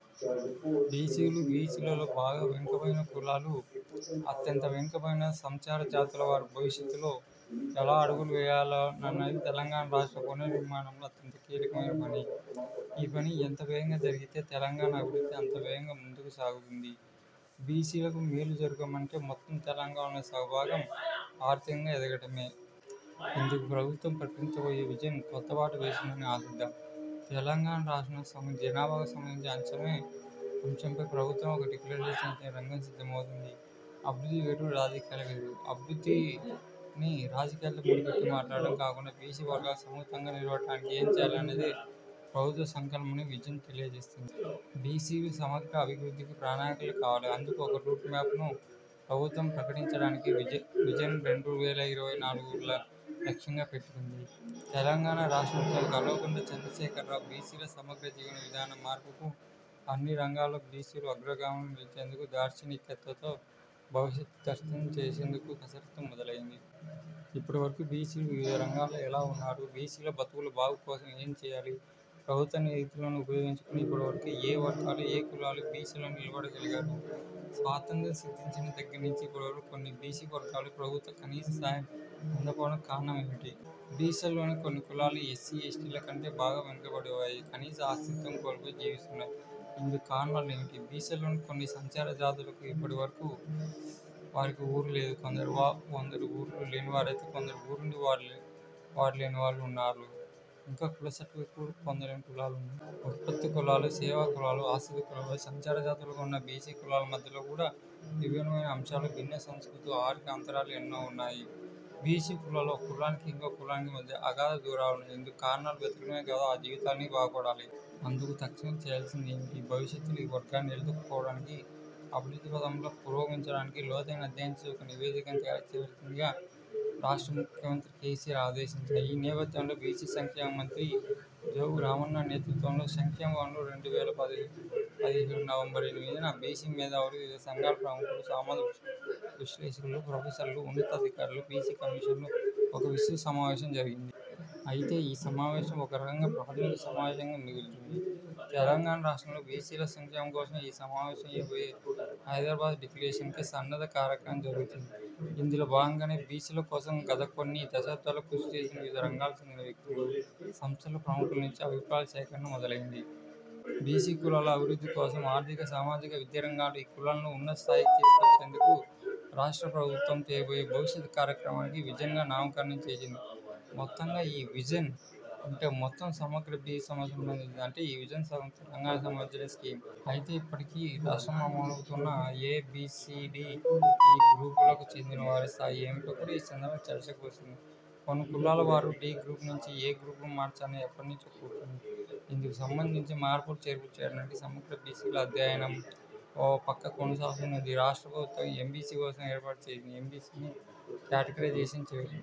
బీసీలు, బీసీలలో బాగా వెనుకబడిన కులాలు, అత్యంత వెనుకబడిన సంచారజాతుల వారు భవిష్యత్తులో ఎలా అడుగులు వేయాలోనన్నది తెలంగాణ రాష్ట్ర పునర్నిర్మాణంలో అత్యంత కీలకమైన పని. ఈ పని ఎంత వేగంగా జరిగితే తెలంగాణ అభివృద్ధి అంత వేగంగా ముందుకు సాగుతుంది. బీసీలకు మేలు జరగటమంటే మొత్తం తెలంగాణలోని సగభాగం ఆర్థికంగా ఎదగటమే. ఇందుకు ప్రభుత్వం ప్రకటించబోయే విజన్ కొత్తబాట వేస్తుందని ఆశిద్దాం. తెలంగాణ రాష్ట్రంలో సగం జనాభాకు సంబంధించిన అంశంపై ప్రభుత్వమే ఒక డిక్లరేషన్ ఇచ్చేందుకు రంగం సిద్ధమౌతుంది. అభివృద్ధి వేరు, రాజకీయాలు వేరు. అభివృద్ధిని రాజకీయాలతో ముడిపెట్టి మాట్లాడటం కాకుండా బీసీ వర్గాలు సమున్నతంగా నిలవడానికి ఏంచేయాలన్నది ప్రభుత్వ సంకల్పమని విజన్ తెలియజేస్తుంది. బీసీల సమగ్ర అభివృద్ధికి ప్రణాళికలు కావాలి. అందుకు ఒక రూట్ మాప్ ను ప్రభుత్వం ప్రకటించడానికి విజన్ రెండు వేల ఇరవై నాలుగును లక్ష్యంగా పెట్టుకుంది. తెలంగాణ రాష్ట్ర ముఖ్యమంత్రి కల్వకుంట్ల చంద్రశేఖర్రావు బీసీల సమగ్రజీవన విధానం మార్పుకు, అన్ని రంగాల్లో బీసీలు అగ్రగాములుగా నిలిచేందుకు దార్శనికతతో భవిష్యత్ దర్శనం చేసేందుకు కసరత్తు మొదలైంది. ఇప్పటి వరకు బీసీలు వివిధ రంగాల్లో ఎలా ఉన్నారు? బీసీల బతుకుల బాగుకోసం ఏంచేయాలి? ప్రభుత్వ నిధులను ఉపయోగించుకొని ఇప్పటి వరకు ఏయే వర్గాల, ఏ కులాల బీసీలు నిలబడగలిగారు? స్వాతంత్య్రం సిద్ధించిన దగ్గర నుంచి ఇప్పటివరకు కొన్ని బీసీ వర్గాలకు ప్రభుత్వ కనీస సాయం అందకపోవడానికి కారణం ఏమిటి? బీసీలలోని కొన్ని కులాలు ఎస్సీ, ఎస్టీల కంటే బాగా వెనుకబడిపోయి కనీస అస్తిత్వం కోల్పోయి జీవిస్తున్నారు. ఇందుకు కారణాలు ఏమిటి? బీసీలలోని కొన్ని సంచారజాతులకు ఇప్పటికీ వరకు వారికి ఊరులేదు. కొందరు ఊళ్లు లేనివారైతే, కొందరు ఊరుండీ వాడలేని వాళ్లున్నారు. ఇంకా కులసర్టిఫికేట్లు కూడా పొందలేని కులాలున్నాయి. ఉత్పత్తి కులాలు, సేవాకులాలు, ఆశ్రిత కులాలు, సంచారజాతులుగా ఉన్న బీసీ కులాల మధ్యలో కూడా విభిన్నమైన అంశాలు, భిన్న సంస్కృతులు, ఆర్థిక అంతరాలు ఎన్నో ఉన్నాయి. బీసీ కులాల్లో ఒక కులానికి ఇంకో కులానికి మధ్య అగాధ దూరాలున్నాయి. ఇందుకు కారణాలు వెతకటమే కాదు, ఆ జీవితాలన్నీ బాగుపడాలి. అందుకు తక్షణం చేయవల్సింది ఏమిటి? భవిష్యత్లో ఈ వర్గాలు నిలదొక్కుకోవటానికి, అభివృద్ధి పథంలో పురోగమించటానికి లోతైన అధ్యయనం చేసి ఒక నివేదికను తయారు చేయవల్సిందిగా రాష్ట్ర ముఖ్యమంత్రి కేసీఆర్ ఆదేశించారు. ఆ నేపథ్యంలో బీసీ సంక్షేమ మంత్రి జోగురామన్న నేతృత్వంలో సంక్షేమ భవన్ లో రెండు వేల పదిహేడు నవంబర్ ఎనిమిదిన బీసీ మేధావులు, వివిధ సంఘాల ప్రముఖులు, సామాజిక విశ్లేషకులు, ప్రొఫెసర్లు, ఉన్నత అధికారులు, బీసీ కమిషన్ తో ఒక విస్తృత సమావేశం జరిగింది. అయితే ఈ సమావేశం ఒక రకంగా ప్రాథమిక సమావేశంగా మిగులుతుంది. తెలంగాణ రాష్ట్రంలోని బీసీల సంక్షేమం కోసం ఈ సమావేశం ఇవ్వబోయే హైదరాబాద్ డిక్లరేషన్ కి సన్నద్ధ కార్యక్రమం జరుగుతుంది. ఇందులో భాగంగానే బీసీల కోసం గత కొన్ని దశాబ్దాలుగా కృషి చేస్తున్న వివిధ రంగాలకు చెందిన వ్యక్తులు, సంస్థలు, ప్రముఖుల నుంచి అభిప్రాయాల సేకరణ మొదలైంది. బీసీ కులాల అభివృద్ధి కోసం, ఆర్థిక సామాజిక విద్యారంగాలలో ఈ కులాలను ఉన్నత స్థాయికి తీసుకువచ్చేందుకు రాష్ట్ర ప్రభుత్వం చేయబోయే భవిష్యత్ కార్యక్రమానికి విజన్ గా నామకరణం చేసింది. మొత్తంగా ఈ విజన్ అంటే మొత్తం సమగ్ర బీసీ సమాజానికి సంబంధించింది. అంటే ఈ విజన్ సగం తెలంగాణకు సంబంధించిన స్కీమ్. అయితే ఇప్పటికీ రాష్ట్రంలో అమలౌతున్న A, B, C, D, E గ్రూపులకు చెందిన వారి స్థాయి ఏమిటో కూడా ఈ సందర్భంగా చర్చకు వస్తుంది. కొన్ని కులాల వారు డీ గ్రూప్ నుంచి ఏ గ్రూపునకు మార్చాలని ఎప్పట్నించో కోరుతున్నారు. అయితే ఇందుకు సంబంధించి మార్పులు చేర్పులు చేయడానికి సమగ్ర బీసీల అధ్యయనం ఒక పక్క కొనసాగుతూనే ఉంది. రాష్ట్ర ప్రభుత్వం ఎంబీసీ వ్యవస్థను ఏర్పాటు చేసింది. ఎంబీసీని క్యాటగిరైజేషన్ చేయటం